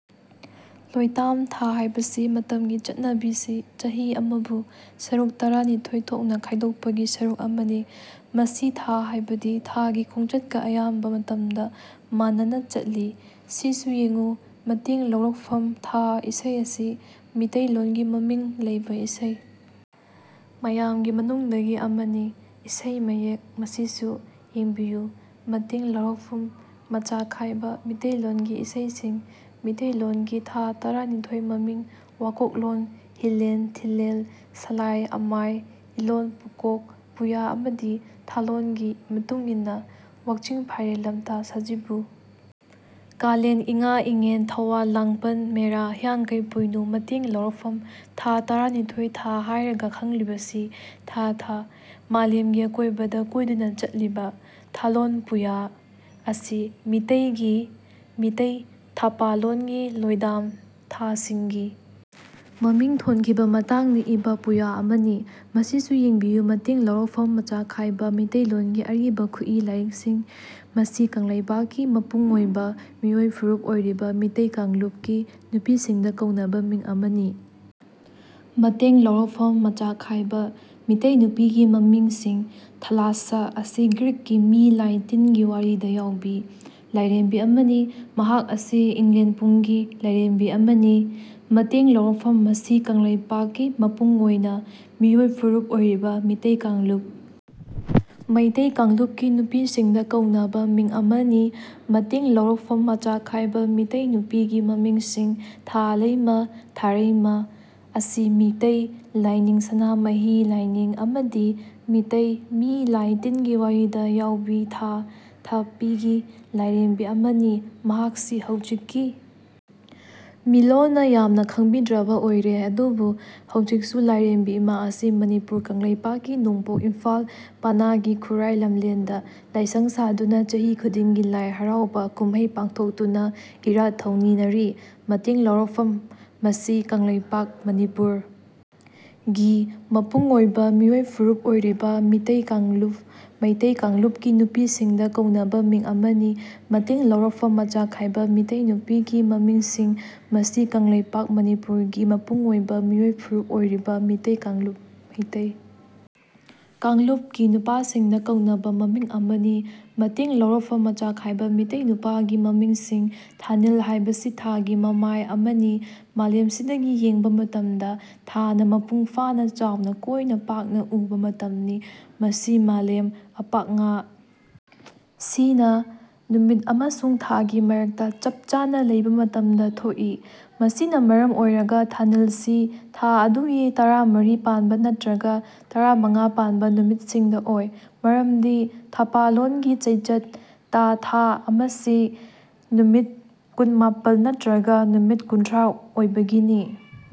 ꯂꯣꯢꯇꯥꯝ ꯊꯥ ꯍꯥꯢꯕꯁꯤ ꯃꯇꯝꯒꯤ ꯆꯠꯅꯕꯤꯁꯤ ꯆꯍꯤ ꯑꯃꯕꯨ ꯁꯔꯨꯛ ꯇꯔꯥꯅꯤꯊꯣꯏ ꯊꯣꯛꯅ ꯈꯥꯢꯗꯣꯛꯄꯒꯤ ꯁꯔꯨꯛ ꯑꯃꯅꯤ꯫ ꯃꯁꯤ ꯊꯥ ꯍꯥꯢꯕꯗꯤ ꯊꯥꯒꯤ ꯈꯣꯡꯆꯠꯀ ꯑꯌꯥꯝꯕ ꯃꯇꯝꯗ ꯃꯥꯟꯅꯅ ꯆꯠꯂꯤ꯫ ꯁꯤꯁꯨ ꯌꯦꯡꯉꯨ ꯃꯇꯦꯡ ꯂꯧꯔꯛꯐꯝ ꯊꯥ ꯏꯁꯩ ꯑꯁꯤ ꯃꯤꯇꯩꯂꯣꯟꯒꯤ ꯃꯃꯤꯡ ꯂꯩꯕ ꯏꯁꯩ ꯃꯌꯥꯝꯒꯤ ꯃꯅꯨꯡꯗꯒꯤ ꯑꯃꯅꯤ꯫ ꯏꯁꯩ ꯃꯌꯦꯛ ꯃꯁꯤꯁꯨ ꯌꯦꯡꯕꯤꯌꯨ ꯃꯇꯦꯡ ꯂꯧꯔꯛꯐꯨꯃ ꯃꯆꯥꯈꯥꯏꯕ ꯃꯤꯇꯩꯂꯣꯟꯒꯤ ꯏꯁꯩꯁꯤꯡ ꯃꯤꯇꯦꯏꯂꯣꯟꯒꯤ ꯊꯥ ꯇꯥꯔꯥꯅꯤꯊꯣꯏ ꯃꯃꯤꯡ ꯋꯥꯀꯣꯛꯂꯣꯟ ꯍꯤꯂꯦꯜ ꯊꯤꯂꯦꯜ ꯁꯥꯂꯥꯏ ꯑꯃꯥꯏ ꯏꯂꯣꯟ ꯄꯨꯀꯣꯛ ꯄꯨꯌꯥ ꯑꯃꯗꯤ ꯊꯥꯂꯣꯟ ꯒꯤ ꯃꯇꯨꯡ ꯏꯟꯅ꯫ ꯋꯥꯛꯆꯤꯡ ꯐꯥꯏꯔꯦꯜ ꯂꯝꯇꯥ ꯁꯥꯖꯤꯕꯨ ꯀꯥꯂꯦꯟ ꯏꯉꯥ ꯏꯉꯦꯟ ꯊꯧꯋꯥꯟ ꯂꯥꯡꯄꯟ ꯃꯦꯔꯥ ꯍꯤꯌꯥꯡꯀꯩ ꯄꯣꯏꯅꯨ ꯃꯇꯦꯡ ꯂꯧꯔꯛꯐꯝ ꯊꯥ ꯇꯔꯅꯤꯊꯣꯏ ꯊꯥ ꯍꯥꯢꯔꯒ ꯈꯪꯂꯤꯕꯁꯤ ꯊꯥ (ꯃꯇꯝ) ꯊꯥ (ꯊꯄꯤ)- ꯃꯂꯦꯝꯒꯤ ꯑꯀꯣꯏꯕꯗ ꯀꯣꯏꯗꯨꯅ ꯆꯠꯂꯤꯕ꯫ "ꯊꯥꯂꯣꯟ ꯄꯨꯌꯥ" (ꯊꯥꯔꯣꯟ ꯄꯨꯌꯥ) ꯑꯁꯤ ꯃꯤꯇꯩꯒꯤ ꯃꯤꯇꯩ ꯊꯥꯄꯥꯂꯣꯟꯒꯤ ꯂꯣꯢꯗꯥꯝ ꯊꯥꯁꯤꯡꯒꯤ ꯃꯃꯤꯡ ꯊꯣꯟꯈꯤꯕ ꯃꯇꯥꯡꯗ ꯏꯕ ꯄꯨꯌꯥ ꯑꯃꯅꯤ꯫ ꯃꯁꯤꯁꯨ ꯌꯦꯡꯕꯤꯌꯨ ꯃꯇꯦꯡ ꯂꯧꯔꯛꯐꯝ ꯃꯆꯥꯈꯥꯏꯕ ꯃꯤꯇꯩꯂꯣꯟꯒꯤ ꯑꯔꯤꯕ ꯈꯨꯠꯏ ꯂꯥꯢꯔꯤꯛꯁꯤꯡ ꯃꯁꯤ ꯀꯪꯂꯩꯄꯥꯛ (ꯃꯅꯤꯄꯨꯔ) ꯒꯤ ꯃꯄꯨꯡ ꯑꯣꯢꯕ ꯃꯤꯑꯣꯢ ꯐꯨꯔꯨꯞ ꯑꯣꯢꯔꯤꯕ ꯃꯤꯇꯩ ꯀꯥꯡꯂꯨꯞ (ꯃꯩꯇꯩ ꯀꯥꯡꯂꯨꯞ) ꯀꯤ ꯅꯨꯄꯤꯁꯤꯡꯗ ꯀꯧꯅꯕ ꯃꯤꯡ ꯑꯃꯅꯤ꯫ ꯃꯇꯦꯡ ꯂꯧꯔꯛꯐꯝ ꯃꯆꯥꯈꯥꯏꯕ:ꯃꯤꯇꯩ ꯅꯨꯄꯤꯒꯤ ꯃꯃꯤꯡꯁꯤꯡ ꯊꯥꯂꯥꯁꯁꯥ ꯑꯁꯤ ꯒ꯭ꯔꯤꯛꯀꯤ ꯃꯤ ꯂꯥꯢ ꯇꯤꯟꯒꯤ ꯋꯥꯔꯤꯗ ꯌꯥꯎꯕꯤ ꯂꯥꯢꯔꯦꯝꯕꯤ ꯑꯃꯅꯤ꯫ ꯃꯍꯥꯛ ꯑꯁꯤ ꯏꯂꯦꯟꯄꯨꯡꯒꯤ ꯂꯥꯢꯔꯦꯝꯕꯤ ꯑꯃꯅꯤ꯫ ꯃꯇꯦꯡ ꯂꯧꯔꯛꯐꯝ ꯃꯁꯤ ꯀꯪꯂꯩꯄꯥꯛ (ꯃꯅꯤꯄꯨꯔ) ꯒꯤ ꯃꯄꯨꯡ ꯑꯣꯢꯕ ꯃꯤꯑꯣꯢ ꯐꯨꯔꯨꯞ ꯑꯣꯢꯔꯤꯕ ꯃꯤꯇꯩ ꯀꯥꯡꯂꯨꯞ (ꯃꯩꯇꯩ ꯀꯥꯡꯂꯨꯞ) ꯀꯤ ꯅꯨꯄꯤꯁꯤꯡꯗ ꯀꯧꯅꯕ ꯃꯤꯡ ꯑꯃꯅꯤ꯫ ꯃꯇꯦꯡ ꯂꯧꯔꯛꯐꯝ ꯃꯆꯥꯈꯥꯏꯕ ꯃꯤꯇꯩ ꯅꯨꯄꯤꯒꯤ ꯃꯃꯤꯡꯁꯤꯡ ꯊꯥꯂꯩꯃ (ꯊꯥꯔꯩꯃ) ꯑꯁꯤ ꯃꯤꯇꯩ ꯂꯥꯢꯅꯤꯡ (ꯁꯅꯥꯃꯍꯤ ꯂꯥꯏꯅꯤꯡ) ꯑꯃꯗꯤ ꯃꯤꯇꯩ ꯃꯤ ꯂꯥꯢ ꯇꯤꯟꯒꯤ ꯋꯥꯔꯤꯗ ꯌꯥꯎꯕꯤ ꯊꯥ (ꯊꯄꯤ)ꯒꯤ ꯂꯥꯢꯔꯦꯝꯕꯤ ꯑꯃꯅꯤ꯫ ꯃꯍꯥꯛꯁꯤ ꯍꯧꯖꯤꯛꯀꯤ ꯃꯤꯂꯣꯜꯅ ꯌ ꯝꯅ ꯈꯪꯕꯤꯗ꯭ꯔꯕ ꯑꯣꯢꯔꯦ꯫ ꯑꯗꯨꯕꯨ ꯍꯧꯖꯤꯛꯁꯨ ꯂꯥꯢꯔꯦꯝꯕꯤ ꯏꯃꯥ ꯑꯁꯤ ꯃꯅꯤꯄꯨꯔ (ꯀꯪꯂꯩꯄꯥꯛ) ꯀꯤ ꯅꯣꯡꯄꯣꯛ ꯏꯝꯐꯥꯜ ꯄꯅꯥꯒꯤ ꯈꯨꯔꯥꯢ ꯂꯝꯂꯦꯟꯗ ꯂꯥꯢꯁꯪ ꯁꯥꯗꯨꯅ ꯆꯍꯤ ꯈꯨꯗꯤꯡꯒꯤ ꯂꯥꯢ ꯍꯔꯥꯎꯕ ꯀꯨꯝꯃꯩ ꯄꯥꯡꯊꯣꯛꯇꯨꯅ ꯏꯔꯥꯠ ꯊꯧꯅꯤꯅꯔꯤ꯫ ꯃꯇꯦꯡ ꯂꯧꯔꯛꯐꯝ ꯃꯁꯤ ꯀꯪꯂꯩꯄꯥꯛ (ꯃꯅꯤꯄꯨꯔ) ꯒꯤ ꯃꯄꯨꯡ ꯑꯣꯢꯕ ꯃꯤꯑꯣꯢ ꯐꯨꯔꯨꯞ ꯑꯣꯢꯔꯤꯕ ꯃꯤꯇꯩ ꯀꯥꯡꯂꯨꯞ (ꯃꯩꯇꯩ ꯀꯥꯡꯂꯨꯞ) ꯀꯤ ꯅꯨꯄꯤꯁꯤꯡꯗ ꯀꯧꯅꯕ ꯃꯤꯡ ꯑꯃꯅꯤ꯫ ꯃꯇꯦꯡ ꯂꯧꯔꯛꯐꯝ ꯃꯆꯥꯈꯥꯏꯕ ꯃꯤꯇꯩ ꯅꯨꯄꯤꯒꯤ ꯃꯃꯤꯡꯁꯤꯡ ꯃꯁꯤ ꯀꯪꯂꯩꯄꯥꯛ (ꯃꯅꯤꯄꯨꯔ) ꯒꯤ ꯃꯄꯨꯡ ꯑꯣꯢꯕ ꯃꯤꯑꯣꯢ ꯐꯨꯔꯨꯞ ꯑꯣꯢꯔꯤꯕ ꯃꯤꯇꯩ ꯀꯥꯡꯂꯨꯞ (ꯃꯩꯇꯩ ꯀꯥꯡꯂꯨꯞ) ꯀꯤ ꯅꯨꯄꯥꯁꯤꯡꯗ ꯀꯧꯅꯕ ꯃꯃꯤꯡ ꯑꯃꯅꯤ꯫ ꯃꯇꯦꯡ ꯂꯧꯔꯛꯐꯝ ꯃꯆꯥꯈꯥꯏꯕ ꯃꯤꯇꯩ ꯅꯨꯄꯥꯒꯤ ꯃꯃꯤꯡꯁꯤꯡ ꯊꯥꯅꯤꯜ ꯍꯥꯏꯕꯁꯤ ꯊꯥꯒꯤ ꯃꯃꯥꯏ ꯑꯃꯅꯤ ꯃꯂꯦꯝ ꯁꯤꯗꯒꯤ ꯌꯦꯡꯕ ꯃꯇꯝꯗ ꯊꯥ ꯅꯥ ꯃꯄꯨꯡ ꯐꯥꯅꯥ ꯆꯥꯎꯅꯥ ꯀꯣꯏꯅꯥ ꯄꯥꯛꯅꯥ ꯎꯕ ꯃꯇꯝꯅꯤ꯫ ꯃꯁꯤ ꯃꯂꯦꯝ ꯑꯄꯥꯛꯉꯥ ꯁꯤ ꯅꯥ ꯅꯨꯃꯤꯠ ꯑꯃꯁꯨꯡ ꯊ ꯒꯤ ꯃꯔꯛꯇꯥ ꯆꯞ ꯆꯥꯅꯥ ꯂꯩꯕ ꯃꯇꯝꯗ ꯊꯣꯛ ꯏ꯫ ꯃꯁꯤꯅꯥ ꯃꯔꯝ ꯑꯣꯏꯔꯒ ꯊꯥꯅꯤꯜ ꯁꯤ ꯊꯥ ꯑꯗꯨꯒꯤ ꯇꯔꯃꯔꯤ ꯄꯥꯟꯕ ꯅꯠꯇꯔꯒ ꯇꯔꯥꯃꯥꯉꯥ ꯄꯥꯟꯕ ꯅꯨꯃꯤꯠꯁꯤꯡꯗ ꯑꯣꯏ꯫ ꯃꯔꯝꯗꯤ ꯊꯄꯥꯂꯣꯟ ꯒꯤ ꯆꯩꯆꯠ ꯇꯥ ꯊꯥ ꯑꯃꯥꯁꯤ ꯅꯨꯃꯤꯠ ꯀꯨꯟꯃꯄꯥꯜ ꯅꯠꯇꯔꯒ ꯅꯨꯃꯤꯠ ꯀꯨꯟꯊꯔꯥ ꯑꯣꯏꯕꯒꯤꯅꯤ꯫